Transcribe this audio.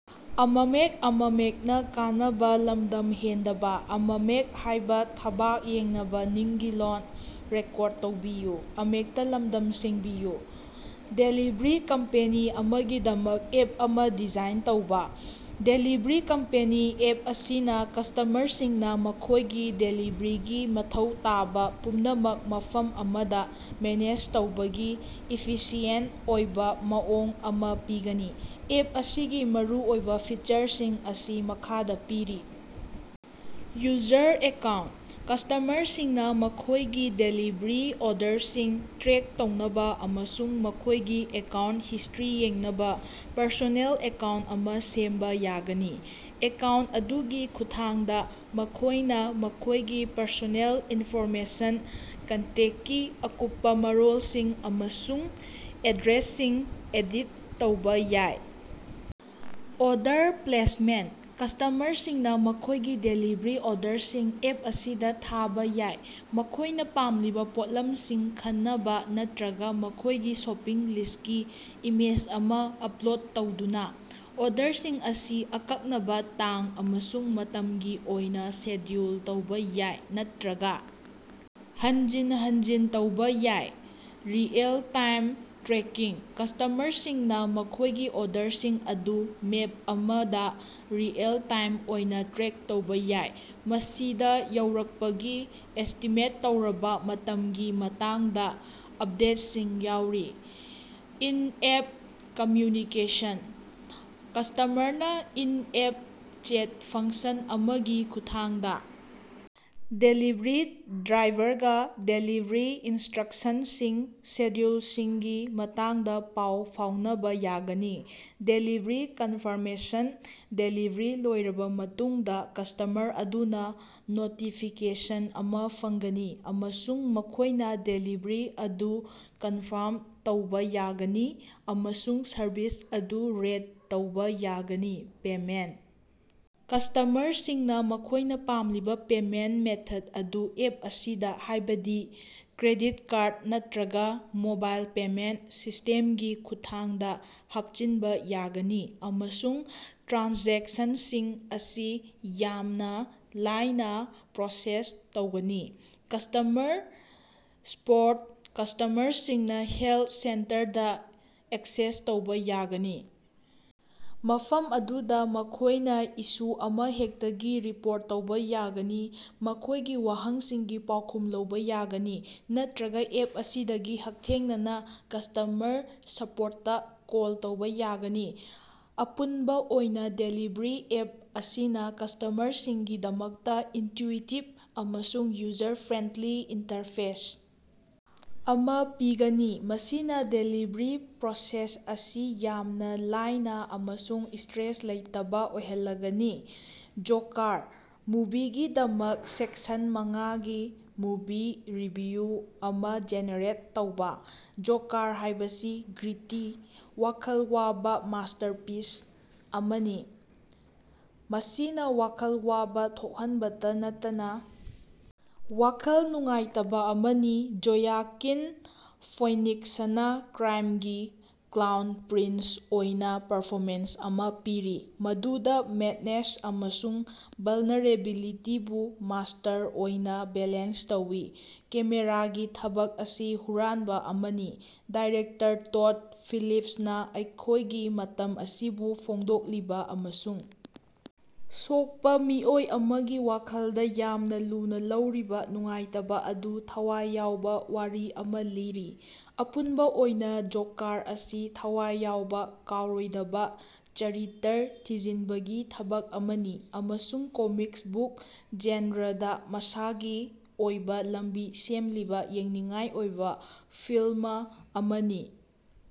Delivery company ꯑꯃꯒꯤꯗꯃꯛ app ꯑꯃ design ꯇꯧꯕ꯫ ꯗꯦꯂꯤꯕꯔꯤ ꯀꯝꯄꯦꯅꯤ ꯑꯦꯞ ꯑꯁꯤꯅ ꯀꯁꯇꯃꯔꯁꯤꯡꯅ ꯃꯈꯣꯏꯒꯤ ꯗꯦꯂꯤꯕꯔꯤꯒꯤ ꯃꯊꯧ ꯇꯥꯕ ꯄꯨꯝꯅꯃꯛ ꯃꯐꯝ ꯑꯃꯗ ꯃꯦꯅꯦꯖ ꯇꯧꯕꯒꯤ ꯏꯐꯤꯁꯤꯌꯦꯟꯇ ꯑꯣꯏꯕ ꯃꯑꯣꯡ ꯑꯃ ꯄꯤꯒꯅꯤ꯫ ꯑꯦꯞ ꯑꯁꯤꯒꯤ ꯃꯔꯨꯑꯣꯏꯕ ꯐꯤꯆꯔꯁꯤꯡ ꯑꯁꯤ ꯃꯈꯥꯗ ꯄꯤꯔꯤ: ꯌꯨꯖꯔ ꯑꯦꯀꯥꯎꯟꯇ: ꯀꯁꯇꯃꯔꯁꯤꯡꯅ ꯃꯈꯣꯏꯒꯤ ꯗꯦꯂꯤꯚꯔꯤ ꯑꯣꯔꯗꯔꯁꯤꯡ ꯇ꯭ꯔꯦꯛ ꯇꯧꯅꯕ ꯑꯃꯁꯨꯡ ꯃꯈꯣꯏꯒꯤ ꯑꯦꯀꯥꯎꯟꯇ ꯍꯤꯁꯇ꯭ꯔꯤ ꯌꯦꯡꯅꯕ ꯄꯔꯁꯣꯅꯦꯜ ꯑꯦꯀꯥꯎꯟꯇ ꯑꯃ ꯁꯦꯝꯕ ꯌꯥꯒꯅꯤ꯫ ꯑꯦꯀꯥꯎꯟꯇ ꯑꯗꯨꯒꯤ ꯈꯨꯠꯊꯥꯡꯗ ꯃꯈꯣꯏꯅ ꯃꯈꯣꯏꯒꯤ ꯄꯔꯁꯣꯅꯦꯜ ꯏꯟꯐꯣꯔꯃꯦꯁꯟ, ꯀꯟꯇꯦꯛꯇꯀꯤ ꯑꯀꯨꯞꯄ ꯃꯔꯣꯜꯁꯤꯡ ꯑꯃꯁꯨꯡ ꯑꯦꯗ꯭ꯔꯦꯁꯁꯤꯡ ꯑꯦꯗꯤꯠ ꯇꯧꯕ ꯌꯥꯏ꯫ ꯑꯣꯔꯗꯔ ꯄ꯭ꯂꯦꯁꯃꯦꯟꯇ: ꯀꯁꯇꯃꯔꯁꯤꯡꯅ ꯃꯈꯣꯏꯒꯤ ꯗꯦꯂꯤꯕꯔꯤ ꯑꯣꯔꯗꯔꯁꯤꯡ ꯑꯦꯞ ꯑꯁꯤꯗ ꯊꯥꯕ ꯌꯥꯏ, ꯃꯈꯣꯏꯅ ꯄꯥꯝꯂꯤꯕ ꯄꯣꯠꯂꯝꯁꯤꯡ ꯈꯟꯅꯕ ꯅꯠꯇ꯭ꯔꯒ ꯃꯈꯣꯏꯒꯤ ꯁꯣꯄꯤꯡ ꯂꯤꯁ꯭ꯇꯀꯤ ꯏꯃꯦꯖ ꯑꯃ ꯑꯞꯂꯣꯗ ꯇꯧꯗꯨꯅ꯫ ꯑꯣꯔꯗꯔꯁꯤꯡ ꯑꯁꯤ ꯑꯀꯛꯅꯕ ꯇꯥꯡ ꯑꯃꯁꯨꯡ ꯃꯇꯝꯒꯤ ꯑꯣꯏꯅ ꯁꯦꯗ꯭ꯌꯨꯜ ꯇꯧꯕ ꯌꯥꯏ ꯅꯠꯇ꯭ꯔꯒ ꯍꯟꯖꯤꯟ ꯍꯟꯖꯤꯟ ꯇꯧꯕ ꯌꯥꯏ꯫ ꯔꯤꯑꯦꯜ-ꯇꯥꯏꯝ ꯇ꯭ꯔꯦꯀꯤꯡ: ꯀꯁꯇꯃꯔꯁꯤꯡꯅ ꯃꯈꯣꯏꯒꯤ ꯑꯣꯔꯗꯔꯁꯤꯡ ꯑꯗꯨ ꯃꯦꯞ ꯑꯃꯗ ꯔꯤꯑꯦꯜ-ꯇꯥꯏꯝ ꯑꯣꯏꯅ ꯇ꯭ꯔꯦꯛ ꯇꯧꯕ ꯌꯥꯏ, ꯃꯁꯤꯗ ꯌꯧꯔꯛꯄꯒꯤ ꯑꯦꯁꯇꯤꯃꯦꯠ ꯇꯧꯔꯕ ꯃꯇꯝꯒꯤ ꯃꯇꯥꯡꯗ ꯑꯞꯗꯦꯠꯁꯤꯡ ꯌꯥꯎꯔꯤ꯫ ꯏꯟ-ꯑꯦꯞ ꯀꯝꯃ꯭ꯌꯨꯅꯤꯀꯦꯁꯟ: ꯀꯁꯇꯃꯔꯅ ꯏꯟ-ꯑꯦꯞ ꯆꯦꯠ ꯐꯪꯁꯟ ꯑꯃꯒꯤ ꯈꯨꯠꯊꯥꯡꯗ ꯗꯦꯂꯤꯚꯔꯤ ꯗ꯭ꯔꯥꯏꯚꯔꯒ ꯗꯦꯂꯤꯚꯔꯤ ꯏꯟꯁꯇ‌꯭ꯔꯛꯁꯟꯁꯤꯡ, ꯁꯦꯗ꯭ꯌꯨꯜꯁꯤꯡꯒꯤ ꯃꯇꯥꯡꯗ ꯄꯥꯎ ꯐꯥꯎꯅꯕ ꯌꯥꯒꯅꯤ꯫ ꯗꯦꯂꯤꯚꯔꯤ ꯀꯟꯐꯥꯔꯃꯦꯁꯟ: ꯗꯦꯂꯤꯚꯔꯤ ꯂꯣꯏꯔꯕ ꯃꯇꯨꯡꯗ ꯀꯁꯇꯃꯔ ꯑꯗꯨꯅ ꯅꯣꯇꯤꯐꯤꯀꯦꯁꯟ ꯑꯃ ꯐꯪꯒꯅꯤ, ꯑꯃꯁꯨꯡ ꯃꯈꯣꯏꯅ ꯗꯦꯂꯤꯚꯔꯤ ꯑꯗꯨ ꯀꯟꯐꯥꯔꯝ ꯇꯧꯕ ꯌꯥꯒꯅꯤ ꯑꯃꯁꯨꯡ ꯁꯔꯚꯤꯁ ꯑꯗꯨ ꯔꯦꯠ ꯇꯧꯕ ꯌꯥꯒꯅꯤ꯫ ꯄꯦꯃꯦꯟꯇ: ꯀꯁꯇꯃꯔꯁꯤꯡꯅ ꯃꯈꯣꯏꯅ ꯄꯥꯝꯂꯤꯕ ꯄꯦꯃꯦꯟꯇ ꯃꯦꯊꯗ ꯑꯗꯨ ꯑꯦꯞ ꯑꯁꯤꯗ, ꯍꯥꯏꯕꯗꯤ ꯀ꯭ꯔꯦꯗꯤꯠ ꯀꯥꯔꯗ ꯅꯠꯇ꯭ꯔꯒ ꯃꯣꯕꯥꯏꯜ ꯄꯦꯃꯦꯟꯇ ꯁꯤꯁꯇꯦꯝꯒꯤ ꯈꯨꯠꯊꯥꯡꯗ ꯍꯥꯞꯆꯤꯟꯕ ꯌꯥꯒꯅꯤ ꯑꯃꯁꯨꯡ ꯇ꯭ꯔꯥꯟꯖꯦꯛꯁꯟꯁꯤꯡ ꯑꯁꯤ ꯌꯥꯝꯅ ꯂꯥꯏꯅ ꯄ꯭ꯔꯣꯁꯦꯁ ꯇꯧꯒꯅꯤ꯫ ꯀꯁꯇꯃꯔ ꯁꯄꯣꯔꯠ: ꯀꯁꯇꯃꯔꯁꯤꯡꯅ ꯍꯦꯜꯄ ꯁꯦꯟꯇꯔꯗ ꯑꯦꯛꯁꯦꯁ ꯇꯧꯕ ꯌꯥꯒꯅꯤ, ꯃꯐꯝ ꯑꯗꯨꯗ ꯃꯈꯣꯏꯅ ꯏꯁꯨ ꯑꯃꯍꯦꯛꯇꯒꯤ ꯔꯤꯄꯣꯔꯠ ꯇꯧꯕ ꯌꯥꯒꯅꯤ, ꯃꯈꯣꯏꯒꯤ ꯋꯥꯍꯪꯁꯤꯡꯒꯤ ꯄꯥꯎꯈꯨꯝ ꯂꯧꯕ ꯌꯥꯒꯅꯤ, ꯅꯠꯇ‌꯭ꯔꯒ ꯑꯦꯞ ꯑꯁꯤꯗꯒꯤ ꯍꯛꯊꯦꯡꯅꯅ ꯀꯁ꯭ꯇꯃꯔ ꯁꯄꯣꯔꯇꯇ ꯀꯣꯜ ꯇꯧꯕ ꯌꯥꯒꯅꯤ꯫ ꯑꯄꯨꯟꯕ ꯑꯣꯏꯅ, ꯗꯦꯂꯤꯕꯔꯤ ꯑꯦꯞ ꯑꯁꯤꯅ ꯀꯁꯇꯃꯔꯁꯤꯡꯒꯤꯗꯃꯛꯇ ꯏꯟꯇ꯭ꯌꯨꯏꯇꯤꯕ ꯑꯃꯁꯨꯡ ꯌꯨꯖꯔ ꯐ꯭ꯔꯦꯟꯗꯂꯤ ꯏꯟꯇꯔꯐꯦꯁ ꯑꯃ ꯄꯤꯒꯅꯤ, ꯃꯁꯤꯅ ꯗꯦꯂꯤꯕꯔꯤ ꯄ꯭ꯔꯣꯁꯦꯁ ꯑꯁꯤ ꯌꯥꯝꯅ ꯂꯥꯏꯅ ꯑꯃꯁꯨꯡ ꯁ꯭ꯇꯔꯦꯁ ꯂꯩꯇꯕ ꯑꯣꯏꯍꯜꯂꯒꯅꯤ꯫ "ꯖꯣꯀꯥꯔ" ꯃꯨꯚꯤꯒꯤꯗꯃꯛ ꯁꯦꯛꯁꯟ ꯃꯉꯥꯒꯤ ꯃꯨꯚꯤ ꯔꯤꯚꯤꯌꯨ ꯑꯃ ꯖꯦꯅꯦꯔꯦꯠ ꯇꯧꯕ꯫ "ꯖꯣꯀꯥꯔ" ꯍꯥꯏꯕꯁꯤ ꯒ꯭ꯔꯤꯇꯤ, ꯋꯥꯈꯜ ꯋꯥꯕ ꯃꯥꯁꯇꯔꯄꯤꯁ ꯑꯃꯅꯤ, ꯃꯁꯤꯅ ꯋꯥꯈꯜ ꯋꯥꯕ ꯊꯣꯛꯍꯟꯕꯇ ꯅꯠꯇꯅ ꯋꯥꯈꯜ ꯅꯨꯡꯉꯥꯏꯇꯕ ꯑꯃꯅꯤ꯫ ꯖꯣꯌꯥꯀꯤꯟ ꯐꯣꯏꯅꯤꯛꯁꯅ ꯀ꯭ꯔꯥꯏꯝꯒꯤ ꯀ꯭ꯂꯥꯎꯟ ꯄ꯭ꯔꯤꯟꯁ ꯑꯣꯏꯅ ꯄꯔꯐꯣꯃꯦꯟꯁ ꯑꯃ ꯄꯤꯔꯤ, ꯃꯗꯨꯗ ꯃꯦꯗꯅꯦꯁ ꯑꯃꯁꯨꯡ ꯚꯜꯅꯦꯔꯦꯕꯤꯂꯤꯇꯤꯕꯨ ꯃꯥꯁꯇꯔ ꯑꯣꯏꯅ ꯕꯦꯂꯦꯟꯁ ꯇꯧꯏ꯫ ꯀꯦꯃꯦꯔꯥꯒꯤ ꯊꯕꯛ ꯑꯁꯤ ꯍꯨꯔꯥꯟꯕ ꯑꯃꯅꯤ꯫ ꯗꯥꯏꯔꯦꯛꯇꯔ ꯇꯣꯗ ꯐꯤꯂꯤꯞꯁꯅ ꯑꯩꯈꯣꯏꯒꯤ ꯃꯇꯝ ꯑꯁꯤꯕꯨ ꯐꯣꯡꯗꯣꯛꯂꯤꯕ ꯑꯃꯁꯨꯡ ꯁꯣꯛꯄ ꯃꯤꯑꯣꯏ ꯑꯃꯒꯤ ꯋꯥꯈꯜꯗ ꯌꯥꯝꯅ ꯂꯨꯅ ꯂꯧꯔꯤꯕ ꯅꯨꯡꯉꯥꯏꯇꯕ ꯑꯗꯨꯕꯨ ꯊꯋꯥꯏ ꯌꯥꯎꯕ ꯋꯥꯔꯤ ꯑꯃ ꯂꯤꯔꯤ꯫ ꯑꯄꯨꯟꯕ ꯑꯣꯏꯅ "ꯖꯣꯀꯥꯔ" ꯑꯁꯤ ꯊꯋꯥꯏ ꯌꯥꯎꯕ, ꯀꯥꯎꯔꯣꯏꯗꯕ ꯆꯔꯤꯇ꯭ꯔ ꯊꯤꯖꯤꯟꯕꯒꯤ ꯊꯕꯛ ꯑꯃꯅꯤ ꯑꯃꯁꯨꯡ ꯀꯣꯃꯤꯛꯁ ꯕꯨꯛ ꯖꯦꯟꯔꯗ ꯃꯁꯥꯒꯤ ꯑꯣꯏꯕ ꯂꯝꯕꯤ ꯁꯦꯝꯂꯤꯕ ꯌꯦꯡꯅꯤꯡꯉꯥꯏ ꯑꯣꯏꯕ ꯐꯤꯜꯃ ꯑꯃꯅꯤ꯫